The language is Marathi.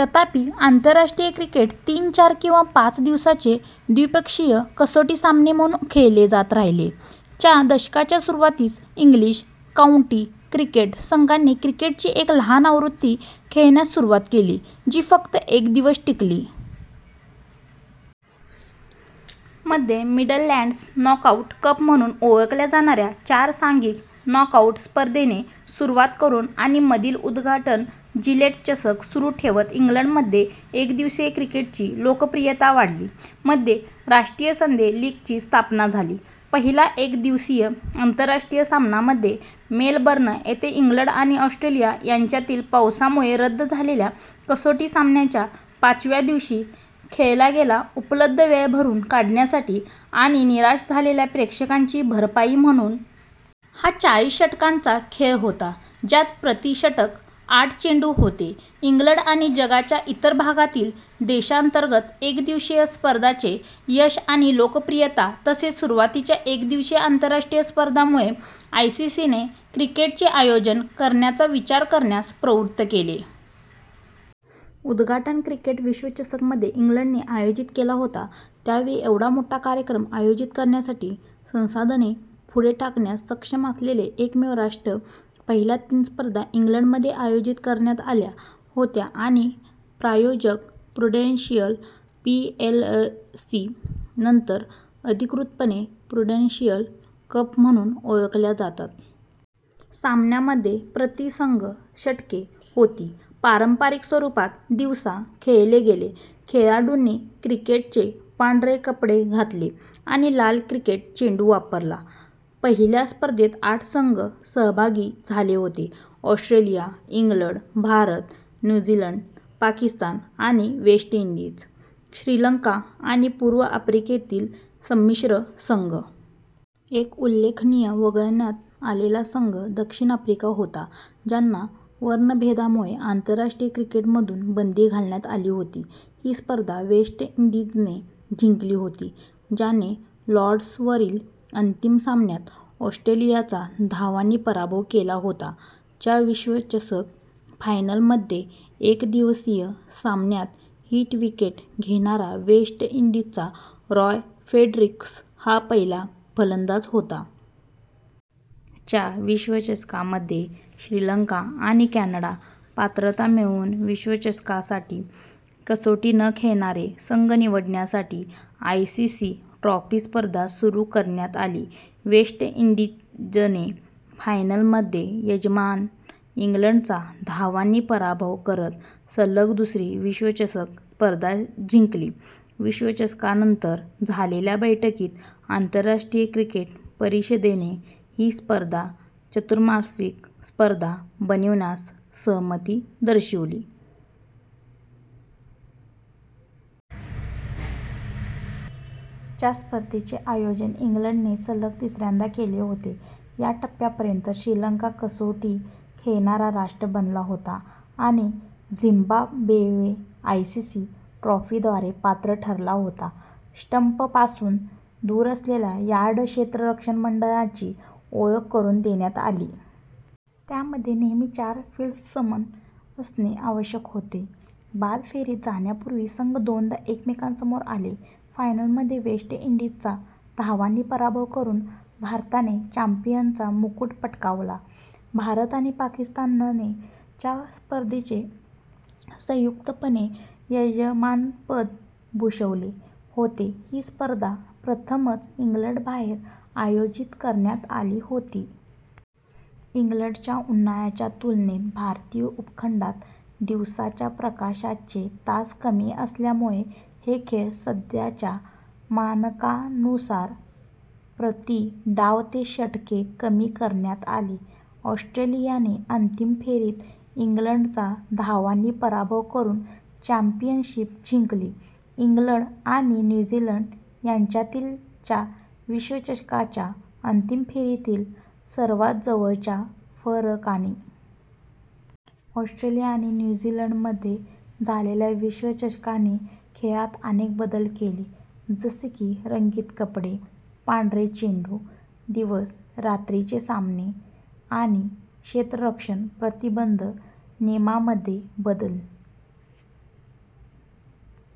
तथापि, आंतरराष्ट्रीय क्रिकेट तीन, चार किंवा पाच दिवसांचे द्विपक्षीय कसोटी सामने म्हणून खेळले जात राहिले. च्या दशकाच्या सुरुवातीस, इंग्लिश काउंटी क्रिकेट संघांनी क्रिकेटची एक लहान आवृत्ती खेळण्यास सुरुवात केली जी फक्त एक दिवस टिकली. मध्ये मिडलँड्स नॉक-आउट कप म्हणून ओळखल्या जाणाऱ्या चार-सांघिक नॉकआऊट स्पर्धेने सुरुवात करून आणि मधील उद्घाटन जिलेट चषक सुरू ठेवत, इंग्लंडमध्ये एकदिवसीय क्रिकेटची लोकप्रियता वाढली. मध्ये राष्ट्रीय संडे लीगची स्थापना झाली. पहिला एक-दिवसीय आंतरराष्ट्रीय सामना मध्ये मेलबर्न येथे इंग्लंड आणि ऑस्ट्रेलिया यांच्यातील पावसामुळे रद्द झालेल्या कसोटी सामन्याच्या पाचव्या दिवशी खेळला गेला, उपलब्ध वेळ भरून काढण्यासाठी आणि निराश झालेल्या प्रेक्षकांची भरपाई म्हणून. हा चाळीस षटकांचा खेळ होता ज्यात प्रति षटक आठ चेंडू होते. इंग्लंड आणि जगाच्या इतर भागांतील देशांतर्गत एकदिवसीय स्पर्धांचे यश आणि लोकप्रियता, तसेच सुरुवातीच्या एकदिवसीय आंतरराष्ट्रीय स्पर्धांमुळे आयसीसीने क्रिकेटचे आयोजन करण्याचा विचार करण्यास प्रवृत्त केले. उद्घाटन क्रिकेट विश्वचषक मध्ये इंग्लंडने आयोजित केला होता, त्या वेळी एवढा मोठा कार्यक्रम आयोजित करण्यासाठी संसाधने पुढे टाकण्यास सक्षम असलेले एकमेव राष्ट्र. पहिल्या तीन स्पर्धा इंग्लंडमध्ये आयोजित करण्यात आल्या होत्या आणि प्रायोजक प्रुडेंशियल पीएलसी नंतर अधिकृतपणे प्रुडेंशियल कप म्हणून ओळखल्या जातात. सामन्यांमध्ये प्रति संघ षटके होती, पारंपारिक स्वरूपात दिवसा खेळले गेले, खेळाडूंनी क्रिकेटचे पांढरे कपडे घातले आणि लाल क्रिकेट चेंडू वापरला. पहिल्या स्पर्धेत आठ संघ सहभागी झाले होते: Australia, England, Bharat, New Zealand, Pakistan आणि वेस्ट इंडीज, श्रीलंका आणि पूर्व आफ्रिकेतील संमिश्र संघ. एक उल्लेखनीय वगळण्यात आलेला संघ दक्षिण आफ्रिका होता, ज्यांना वर्णभेदामुळे आंतरराष्ट्रीय क्रिकेटमधून बंदी घालण्यात आली होती. ही स्पर्धा वेस्ट इंडीजने जिंकली होती, ज्याने लॉर्ड्सवरील अंतिम सामन्यात ऑस्ट्रेलियाचा धावांनी पराभव केला होता. च्या विश्वचषक फायनलमध्ये एकदिवसीय सामन्यात हिट विकेट घेणारा वेस्ट इंडीजचा रॉय फ्रेडरिक्स हा पहिला फलंदाज होता. च्या विश्वचषकामध्ये श्रीलंका आणि कॅनडा पात्रता मिळवून विश्वचषकासाठी कसोटी न खेळणारे संघ निवडण्यासाठी आयसीसी ट्रॉफी स्पर्धा सुरू करण्यात आली. वेस्ट इंडीजने फायनलमध्ये यजमान इंग्लंडचा धावांनी पराभव करत सलग दुसरी विश्वचषक स्पर्धा जिंकली. विश्वचषकानंतर झालेल्या बैठकीत, आंतरराष्ट्रीय क्रिकेट परिषदेने ही स्पर्धा चतुर्मासिक स्पर्धा बनविण्यास सहमती दर्शविली. च्या स्पर्धेचे आयोजन इंग्लंडने सलग तिसऱ्यांदा केले होते. या टप्प्यापर्यंत, श्रीलंका कसोटी खेळणारा राष्ट्र बनला होता आणि झिम्बाब्वे आयसीसी ट्रॉफीद्वारे पात्र ठरला होता. स्टंपपासून दूर असलेल्या यार्ड क्षेत्ररक्षण मंडळाची ओळख करून देण्यात आली. त्यामध्ये नेहमी चार फील्ड्समन असणे आवश्यक होते. बाद फेरीत जाण्यापूर्वी संघ दोनदा एकमेकांसमोर आले. फायनलमध्ये वेस्ट इंडीजचा धावांनी पराभव करून भारताने चॅम्पियनचा मुकुट पटकावला. भारत आणि पाकिस्तानने च्या स्पर्धेचे संयुक्तपणे यजमानपद भूषवले होते, ही स्पर्धा प्रथमच इंग्लंडबाहेर आयोजित करण्यात आली होती. इंग्लंडच्या उन्हाळ्याच्या तुलनेत भारतीय उपखंडात दिवसाच्या प्रकाशाचे तास कमी असल्यामुळे हे खेळ सध्याच्या मानकानुसार प्रति डाव ते षटके कमी करण्यात आले. ऑस्ट्रेलियाने अंतिम फेरीत इंग्लंडचा धावांनी पराभव करून चॅम्पियनशिप जिंकली, इंग्लंड आणि न्यू झीलंड यांच्यातील च्या विश्वचषकाच्या अंतिम फेरीतील सर्वात जवळच्या फरकाने. ऑस्ट्रेलिया आणि न्यू झीलंडमध्ये झालेल्या विश्वचषकाने खेळात अनेक बदल केले, जसे की रंगीत कपडे, पांढरे चेंडू, दिवस/रात्रीचे सामने आणि क्षेत्ररक्षण प्रतिबंध नियमांमध्ये बदल.